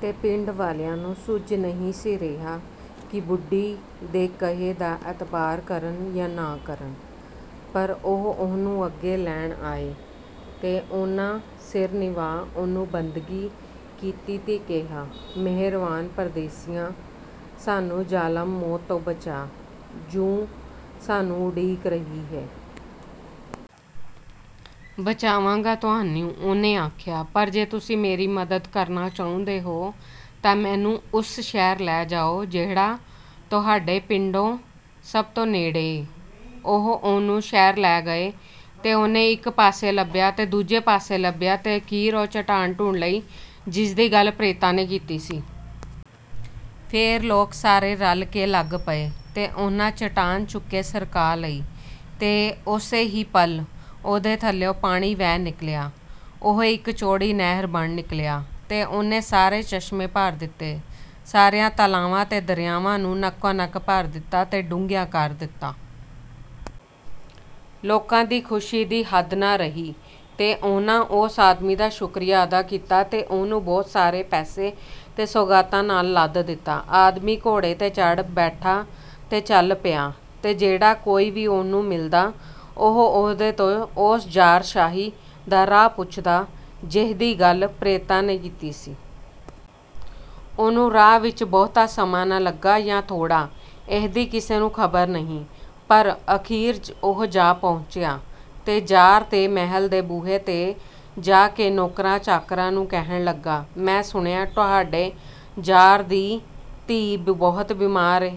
ਤੇ ਪਿੰਡ ਵਾਲਿਆਂ ਨੂੰ ਸੁੱਝ ਨਹੀਂ ਸੀ ਰਿਹਾ ਕਿ ਬੁੱਢੀ ਦੇ ਕਹੇ ਦਾ ਅਤਬਾਰ ਕਰਨ ਯਾਂ ਨਾ ਕਰਨ, ਪਰ ਉਹ ਉਹਨੂੰ ਅਗੋਂ ਲੈਣ ਆਏ, ਤੇ ਉਹਨਾਂ ਸਿਰ ਨਿਵਾ ਉਹਨੂੰ ਬੰਦਗੀ ਕੀਤੀ ਤੇ ਕਿਹਾ, ਮਿਹਰਵਾਨ ਪ੍ਰਦੇਸੀਆ, ਸਾਨੂੰ ਜ਼ਾਲਮ ਮੌਤ ਤੋਂ ਬਚਾ, ਜੁ ਸਾਨੂੰ ਉਡੀਕ ਰਹੀ ਏ। “ਬਚਾਵਾਂਗਾ ਤੁਹਾਨੂੰ,” ਉਹਨੇ ਆਖਿਆ। “ਪਰ ਜੇ ਤੁਸੀਂ ਮੇਰੀ ਮਦਦ ਕਰਨਾ ਚਾਹੁੰਦੇ ਹੋ, ਤਾਂ ਮੈਨੂੰ ਓਸ ਸ਼ਹਿਰ ਲੈ ਜਾਓ, ਜਿਹੜਾ ਤੁਹਾਡੇ ਪਿੰਡੋਂ ਸਭ ਤੋਂ ਨੇੜੇ ਏ।” ਉਹ ਉਹਨੂੰ ਸ਼ਹਿਰ ਲੈ ਗਏ, ਤੇ ਉਹਨੇ ਇੱਕ ਪਾਸੇ ਲੱਭਿਆ ਤੇ ਦੂਜੇ ਪਾਸੇ ਲੱਭਿਆ, ਤੇ ਅਖ਼ੀਰ ਉਹ ਚਟਾਨ ਢੂੰਡ ਲਈ, ਜਿਹਦੀ ਗੱਲ ਪ੍ਰੇਤਾਂ ਨੇ ਕੀਤੀ ਸੀ। ਫੇਰ ਲੋਕ ਸਾਰੇ ਰਲ ਕੇ ਲੱਗ ਪਏ, ਤੇ ਉਹਨਾਂ ਚਟਾਨ ਚੁੱਕ ਕੇ ਸਰਕਾ ਲਈ। ਤੇ ਓਸੇ ਹੀ ਪਲ ਉਹਦੇ ਥੱਲਿਉਂ ਪਾਣੀ ਵਹਿ ਨਿਕਲਿਆ। ਉਹ ਇੱਕ ਚੌੜੀ ਨਹਿਰ ਬਣ ਨਿਕਲਿਆ ਤੇ ਉਹਨੇ ਸਾਰੇ ਚਸ਼ਮੇ ਭਰ ਦਿੱਤੇ, ਸਾਰਿਆਂ ਤਲਾਵਾਂ ਤੇ ਦਰਿਆਵਾਂ ਨੂੰ ਨਕੋ-ਨਕ ਭਰ ਦਿੱਤਾ ਤੇ ਡੂੰਘਿਆਂ ਕਰ ਦਿੱਤਾ। ਲੋਕਾਂ ਦੀ ਖੁਸ਼ੀ ਦੀ ਹੱਦ ਨਾ ਰਹੀ, ਤੇ ਉਹਨਾਂ ਓਸ ਆਦਮੀ ਦਾ ਸ਼ੁਕਰੀਆ ਅਦਾ ਕੀਤਾ ਤੇ ਉਹਨੂੰ ਬਹੁਤ ਸਾਰੇ ਪੈਸੇ ਤੇ ਸੁਗਾਤਾਂ ਨਾਲ ਲੱਦ ਦਿੱਤਾ। ਆਦਮੀ ਘੋੜੇ ’ਤੇ ਚੜ੍ਹ ਬੈਠਾ ਤੇ ਚਲ ਪਿਆ, ਤੇ ਜਿਹੜਾ ਕੋਈ ਵੀ ਉਹਨੂੰ ਮਿਲਦਾ, ਉਹ ਉਹਦੇ ਤੋਂ ਉਸ ਜ਼ਾਰਸ਼ਾਹੀ ਦਾ ਰਾਹ ਪੁੱਛਦਾ, ਜਿਹਦੀ ਗੱਲ ਪ੍ਰੇਤਾਂ ਨੇ ਕੀਤੀ ਸੀ। ਉਹਨੂੰ ਰਾਹ ਵਿੱਚ ਬਹੁਤਾ ਸਮਾਂ ਲੱਗਾ ਜਾਂ ਥੋੜ੍ਹਾ, ਇਹਦੀ ਕਿਸੇ ਨੂੰ ਖ਼ਬਰ ਨਹੀਂ; ਪਰ ਅਖ਼ੀਰ ਉਹ ਜਾ ਪਹੁੰਚਿਆ, ਤੇ ਜ਼ਾਰ ਦੇ ਮਹਿਲ ਦੇ ਬੂਹੇ ’ਤੇ ਜਾ ਕੇ ਨੌਕਰਾਂ-ਚਾਕਰਾਂ ਨੂੰ ਕਹਿਣ ਲੱਗਾ, "“ਮੈਂ ਸੁਣਿਐਂ, ਤੁਹਾਡੇ ਜ਼ਾਰ ਦੀ ਧੀ ਬਹੁਤ ਬੀਮਾਰ ਏ।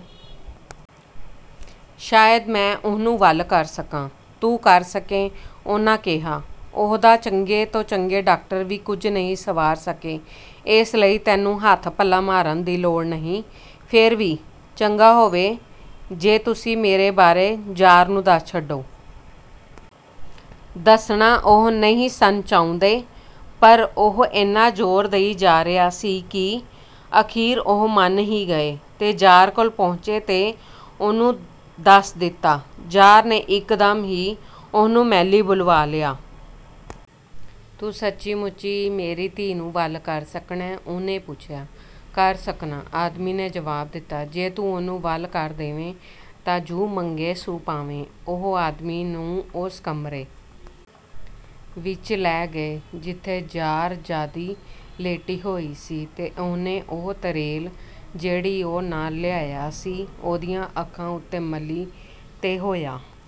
ਸ਼ਾਇਦ ਮੈਂ ਉਹਨੂੰ ਵੱਲ ਕਰ ਸਕਾਂ।” “ਤੂੰ ਕਰ ਸਕੇਂ!” ਉਹਨਾਂ ਕਿਹਾ। “ਉਹਦਾ ਚੰਗੇ ਤੋਂ ਚੰਗੇ ਡਾਕਟਰ ਵੀ ਕੁਝ ਨਹੀਂ ਸੰਵਾਰ ਸਕੇ, ਏਸ ਲਈ ਤੈਨੂੰ ਹੱਥ-ਪੱਲਾ ਮਾਰਨ ਦੀ ਲੋੜ ਨਹੀਂ।” “ਫੇਰ ਵੀ, ਚੰਗਾ ਹੋਵੇ, ਜੇ ਤੁਸੀਂ ਮੇਰੇ ਬਾਰੇ ਜ਼ਾਰ ਨੂੰ ਦੱਸ ਛੱਡੋ।" ਦੱਸਣਾ ਉਹ ਨਹੀਂ ਸਨ ਚਾਹੁੰਦੇ, ਪਰ ਉਹ ਏਨਾ ਜ਼ੋਰ ਦਈ ਜਾ ਰਿਹਾ ਸੀ ਕਿ ਅਖ਼ੀਰ ਉਹ ਮੰਨ ਹੀ ਗਏ ਤੇ ਜ਼ਾਰ ਕੋਲ ਪਹੁੰਚੇ ਤੇ ਉਹਨੂੰ ਦੱਸ ਦਿੱਤਾ। ਜ਼ਾਰ ਨੇ ਇਕਦਮ ਹੀ ਉਹਨੂੰ ਮਹਿਲੀਂ ਬੁਲਵਾ ਲਿਆ। “ਤੂੰ ਸੱਚੀ-ਮੁੱਚੀ ਈ ਮੇਰੀ ਧੀ ਨੂੰ ਵੱਲ ਕਰ ਸਕਣੈ?” ਉਹਨੇ ਪੁੱਛਿਆ। “ਕਰ ਸਕਨਾਂ,” ਆਦਮੀ ਨੇ ਜਵਾਬ ਦਿੱਤਾ। “ਜੇ ਤੂੰ ਉਹਨੂੰ ਵੱਲ ਕਰ ਦੇਵੇਂ, ਤਾਂ ਜੁ ਮੰਗੇਂ ਸੁ ਪਾਵੇਂ।” ਉਹ ਆਦਮੀ ਨੂੰ ਓਸ ਕਮਰੇ ਵਿੱਚ ਲੈ ਗਏ, ਜਿਥੇ ਜ਼ਾਰਜ਼ਾਦੀ ਲੇਟੀ ਹੋਈ ਸੀ, ਤੇ ਉਹਨੇ ਉਹ ਤਰੇਲ, ਜਿਹੜੀ ਉਹ ਨਾਲ ਲਿਆਇਆ ਸੀ, ਉਹਦੀਆਂ ਅੱਖਾਂ ਉਤੇ ਮਲੀ, ਤੇ ਹੋਇਆ